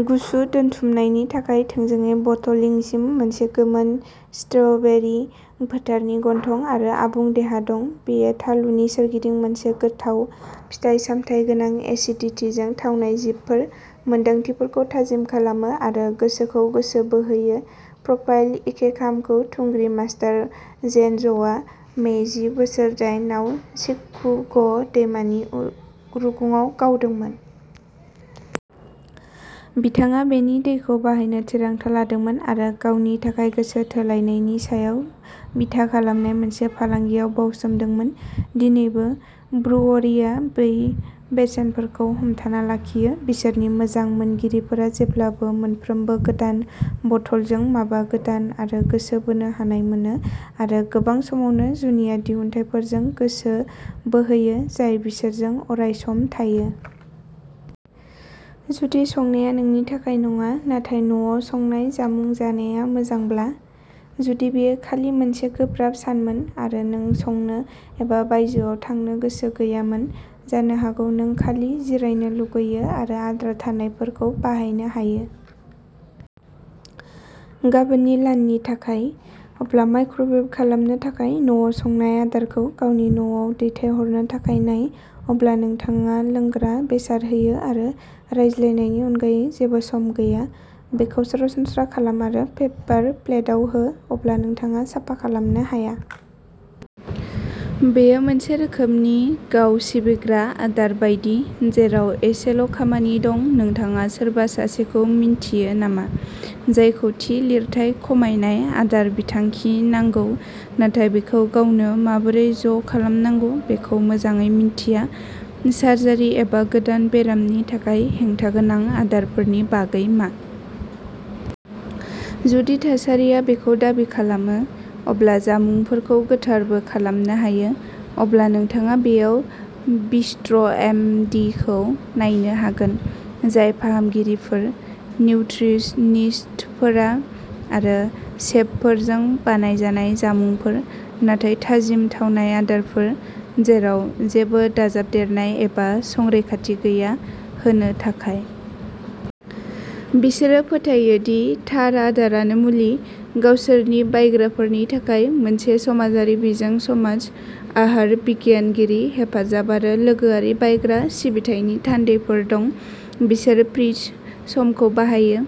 गुसु दोनथुमनायनि थाखाय थोंजोङै बटलिंसिम। मोनसे गोमोन स्ट्रबेरी फोथारनि गन्थं आरो आबुं देहा दं। बेयो थालुनि सोरगिदिं मोनसे गोथाव, फिथाइ-सामथाय गोनां एसिडिटीजों थावनाय जिपफोर, मोनदांथिफोरखौ थाजिम खालामो आरो गोसोखौ गोसो बोहोयो। प्रफाइल इकेकामखौ थुंग्रि मास्टार जेनज' आ मेइजि बोसोर दायेन आव चिकुग' दैमानि रुगुङाव गावदोंमोन। बिथाङा बेनि दैखौ बाहायनो थिरांथा लादोंमोन, आरो गावनि थाखाय गोसो थोलायनायनि सायाव बिथा खालामनाय मोनसे फालांगियाव बाउसोमदोंमोन। दिनैबो, ब्रुअरीआ बै बेसेनफोरखौ हमथाना लाखियो। बिसोरनि मोजां मोनगिरिफोरा जेब्लाबो मोनफ्रोमबो गोदान बथलजों माबा गोदान आरो गोसो बोनो हानाय मोनो, आरो गोबां समावनो जुनिया दिहुनथायफोरजों गोसो बोहोयो जाय बिसोरजों अरायसम थायो। जुदि संनाया नोंनि थाखाय नङा नाथाय न'आव संनाय जामुं जानाया मोजांब्ला? जुदि बेयो खालि मोनसे गोब्राब सानमोन आरो नों संनो एबा बायजोआव थांनो गोसो गैयामोन। जानो हागौ नों खालि जिरायनो लुगैयो आरो आद्रा थानायफोरखौ बाहायनो हायो। गाबोननि लाननि थाखाय? अब्ला माइक्र'वेभ खालामनो थाखाय न'आव संनाय आदारखौ गावनि न'आव दैथायहरनो थाखाय नाय। अब्ला नोंथाङा लोंग्रा बेसाद होयो आरो रायज्लायनायनि अनगायै जेबो सम गैया। बेखौ सरासनस्रा खालाम आरो पेपार प्लेटआव हो, अब्ला नोंथाङा साफा खालामनो हाया। बेयो मोनसे रोखोमनि गाव-सिबिग्रा आदार बायदि, जेराव एसेल' खामानि दं नोंथाङा सोरबा सासेखौ मिन्थियो नामा, जायखौ थि लिरथाय खमायनाय आदार बिथांखि नांगौ, नाथाय बेखौ गावनो माबोरै ज'खालामनांगौ बेखौ मोजाङै मिन्थिया? सार्जारि एबा गोदान बेरामनि थाखाय हेंथा गोनां आदारफोरनि बागै मा? जुदि थासारिया बेखौ दाबि खालामो, अब्ला जामुंफोरखौ गोथारबो खालामनो हायो। अब्ला नोंथाङा बेयाव बिस्ट्र' एम डि खौ नायनो हागोन, जाय फाहामगिरिफोर, निउट्रिसनिस्टफोर आरो सेफफोरजों बानायजानाय जामुंफोर, नाथाय थाजिम थावनाय आदारफोर, जेराव जेबो दाजाबदेरनाय एबा संरैखाथि गैया, होनो थाखाय। बिसोरो फोथायो दि थार आदारानो मुलि। गावसोरनि बायग्राफोरनि थाखाय मोनसे समाजारि बिजों समाज, आहार बिगियानगिरि हेफाजाब आरो लोगोआरि बायग्रा सिबिथायनि थान्दैफोर दं। बिसोर फ्रिज समखौ बाहायो,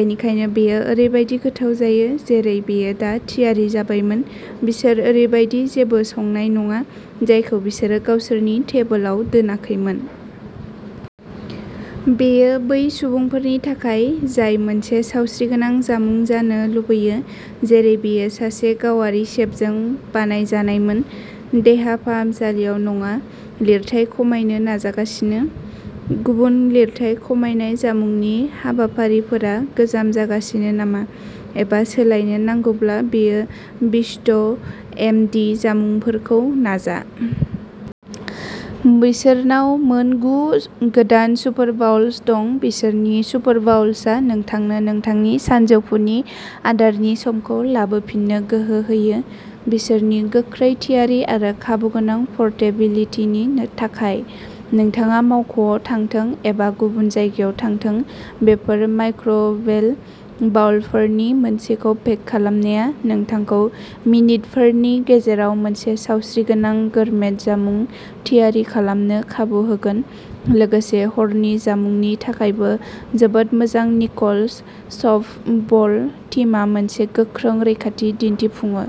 बेनिखायनो बेयो ओरैबायदि गोथाव जायो जेरै बेयो दा थियारि जाबायमोन बिसोर ओरैबायदि जेबो संनाय नङा जायखौ बिसोरो गावसोरनि टेबोलाव दोनाखैमोन। बेयो बै सुबुंफोरनि थाखाय जाय मोनसे सावस्रिगोनां जामुं जानो लुबैयो, जेरै बेयो सासे गावारि सेफजों बानायजानायमोन, देहा फाहामसालियाव नङा लिरथाय खमायनो नाजागासिनो? गुबुन लिरथाय खमायनाय जामुंनि हाबाफारिफोरा गोजाम जागासिनो नामा एबा सोलायनो नांगौब्ला बेफोर बिस्ट्र' एम डि जामुंफोरखौ नाजा। बिसोरनाव मोन गु गोदान सुपारबाउल्स दं। बिसोरनि सुपारबाउल्सआ नोंथांनो नोंथांनि सानजौफुनि आदारनि समखौ लाबोफिननो गोहो होयो, बिसोरनि गोख्रै थियारि आरो खाबुगोनां परटेबिलितिनि थाखाय। नोंथाङा मावख'आव थांथों एबा गुबुन जायगायाव थांथों, बेफोर माइक्र'वेभेबल बाउलफोरनि मोनसेखौ पेक खालामनाया नोंथांखौ मिनितफोरनि गेजेराव मोनसे सावस्रिगोनां गोरमेट जामुं थियारि खालामनो खाबु होगोन लोगोसे हरनि जामुंनि थाखायबो जोबोद मोजां निकल्स सफ्टबल टीमा मोनसे गोख्रों रैखाथि दिन्थिफुङो।